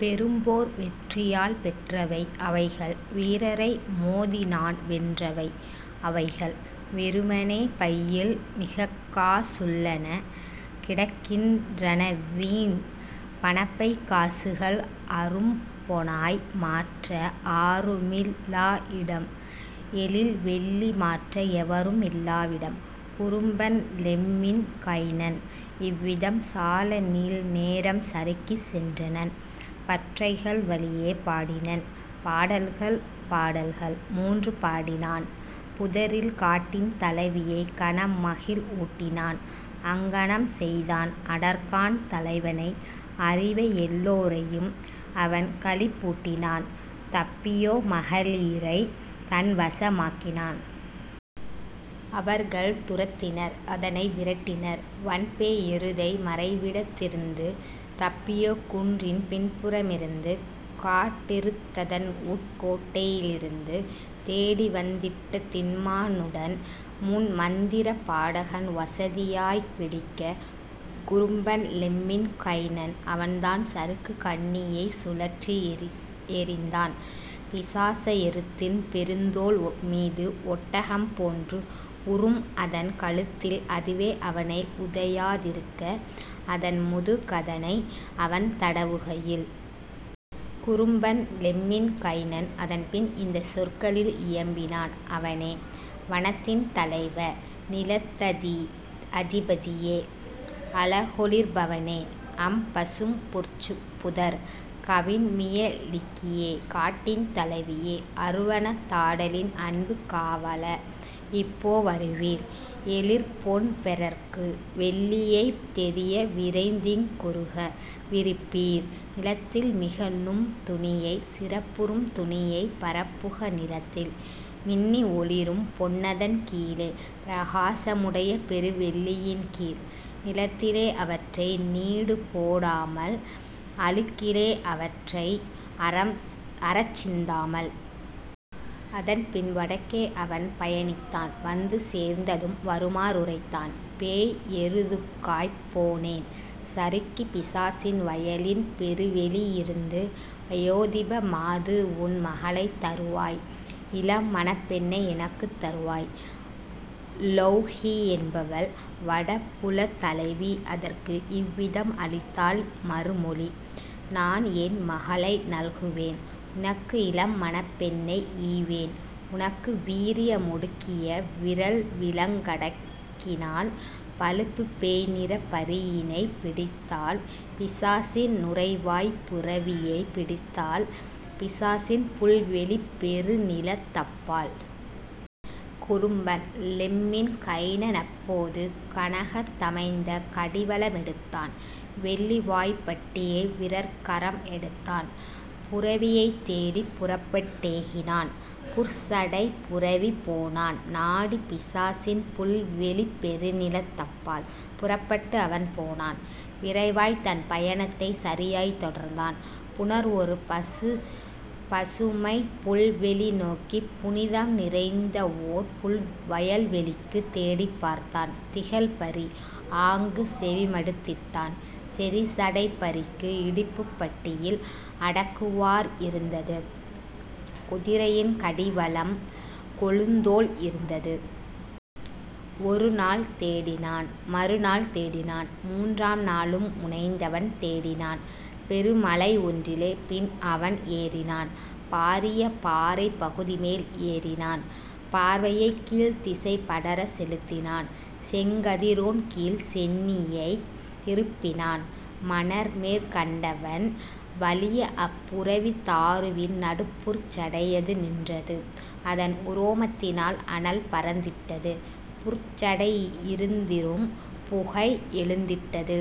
பெரும்போர் வெற்றியால் பெற்றவை அவைகள் வீரரை மோதிநான் வென்றவை அவைகள்; வெறுமனே பையில் மிகக்கா சுள்ளன கிடக்கின் றனவீண் பணப்பைக் காசுகள் அரும்பொனாய் மாற்ற ஆருமில் லாஇடம் எழில்வெள்ளி மாற்ற எவருமில் லாவிடம். " குறும்பன் லெம்மின் கைனன் இவ்விதம் சாலநீள் நேரம் சறுக்கிச் சென்றனன் பற்றைகள் வழியே பாடினன் பாடல்கள் பாடல்கள் மூன்று பாடினான் புதரில் காட்டின் தலைவியை கனமகிழ் வூட்டினான் அங்ஙனம் செய்தான் அடர்கான் தலைவனை அரிவையெல் லோரையும் அவன்களிப் பூட்டினான் தப்பியோ மகளிரைத் தன்வச மாக்கினான். அவர்கள் துரத்தினர் அதனை விரட்டினர் வன்பேய் எருதை மறைவிடத் திருந்து தப்பியோ குன்றின் பின்புற மிருந்து காட்டெருத் ததன்உட் கோட்டையி லிருந்து தேடிவந் திட்ட திண்மா னுடன்முன் மந்திரப் பாடகன் வசதியாய்ப் பிடிக்க. குறும்பன் லெம்மின் கைனன் அவன்தான் சருக்குக் கண்ணியைச் சுழற்றி எறிந்தான் பிசாச எருத்தின் பெருந்தோள் மீது ஒட்டகம் போன்று உறும்அதன் கழுத்தில் அதுவே அவனை உதையா திருக்க அதன்முது கதனை அவன்தட வுகையில். குறும்பன் லெம்மின் கைனன் அதன்பின் இந்தச் சொற்களில் இயம்பினான் அவனே: "வனத்தின் தலைவ, நிலத்ததி பதியே! அழகொளிர் பவனே அம்பசும் புற்புதர்! கவின்மிய லிக்கியே, காட்டின் தலைவியே! அருவனத் தாடலின் அன்புக் காவல! இப்போ வருவீர், எழிற்பொன் பெறற்கு! வெள்ளியைத் தெரிய விரைந்திங் குறுக விரிப்பீர் நிலத்தில் மிகநும் துணியை சிறப்புறும் துணியைப் பரப்புக நிலத்தில் மின்னி ஒளிரும் பொன்னதன் கீழே பிரகாச முடைய பெருவெள் ளியின்கீழ் நிலத்திலே அவற்றை நீடுபோ டாமல் அழுக்கிலே அவற்றை அறச் சிந்தாமல். " அதன்பின் வடக்கே அவன்பய ணித்தான் வந்து சேர்ந்ததும் வருமா றுரைத்தான்: "பேய்எரு துக்காய்ப் போனேன் சறுக்கி பிசாசின் வயலின் பெருவெளி யிருந்து வயோதிப மாதுஉன் மகளைத் தருவாய் இளம்மணப் பெண்ணை எனக்குத் தருவாய்! " லொவ்ஹி என்பவள் வடபுலத் தலைவி அதற்கு இவ்விதம் அளித்தாள் மறுமொழி: "நான்என் மகளை நல்குவேன் உனக்கு இளம்மணப் பெண்ணை ஈவேன் உனக்கு வீரிய மொடுக்கிய விறல்விலங் கடக்கினால் பழுப்புப் பேய்நிறப் பரியினைப் பிடித்தால் பிசாசின் நுரைவாய்ப் புரவியைப் பிடித்தால் பிசாசின் புல்வெளிப் பெருநிலத் தப்பால். " குறும்பன் லெம்மின் கைனனப் போது கனகத் தமைந்த கடிவள மெடுத்தான் வெள்ளிவாய்ப் பட்டியை விறற்கரம் எடுத்தான் புரவியைத் தேடிப் புறப்பட் டேகினான் புற்சடைப் புரவி போனான் நாடி பிசாசின் புல்வெளிப் பெருநிலத் தப்பால். புறப்பட் டுஅவன் போனான் விரைவாய் தன்பய ணத்தைச் சரியாய்த் தொடர்ந்தான் புணர்ஒரு பசுமைப் புல்வெளி நோக்கி புனிதம் நிறைந்தவோர் புல்வயல் வெளிக்கு தேடிப் பார்த்தான் திகழ்பரி ஆங்கு செவிமடுத் திட்டான் செறிசடைப் பரிக்கு இடுப்புப் பட்டியில் அடக்குவார் இருந்தது குதிரையின் கடிவளம் கொழுந்தோள் இருந்தது. ஒருநாள் தேடினான் மறுநாள் தேடினான் மூன்றாம் நாளும் முனைந்தவன் தேடினான் பெருமலை ஒன்றிலே பின்அவன் ஏறினான் பாரிய பாறைப் பகுதிமேல் ஏறினான் பார்வையைக் கீழ்த்திசை படரச் செலுத்தினான் செங்கதி ரோன்கீழ் சென்னியைத் திருப்பினான் மணல்மேற் கண்டவன் வலியஅப் புரவி தாருவின் நடுபுற் சடையது நின்றது அதன்உரோ மத்தினால் அனல்பறந் திட்டது புற்சடை யிருந்திரும் புகைஎழுந் திட்டது.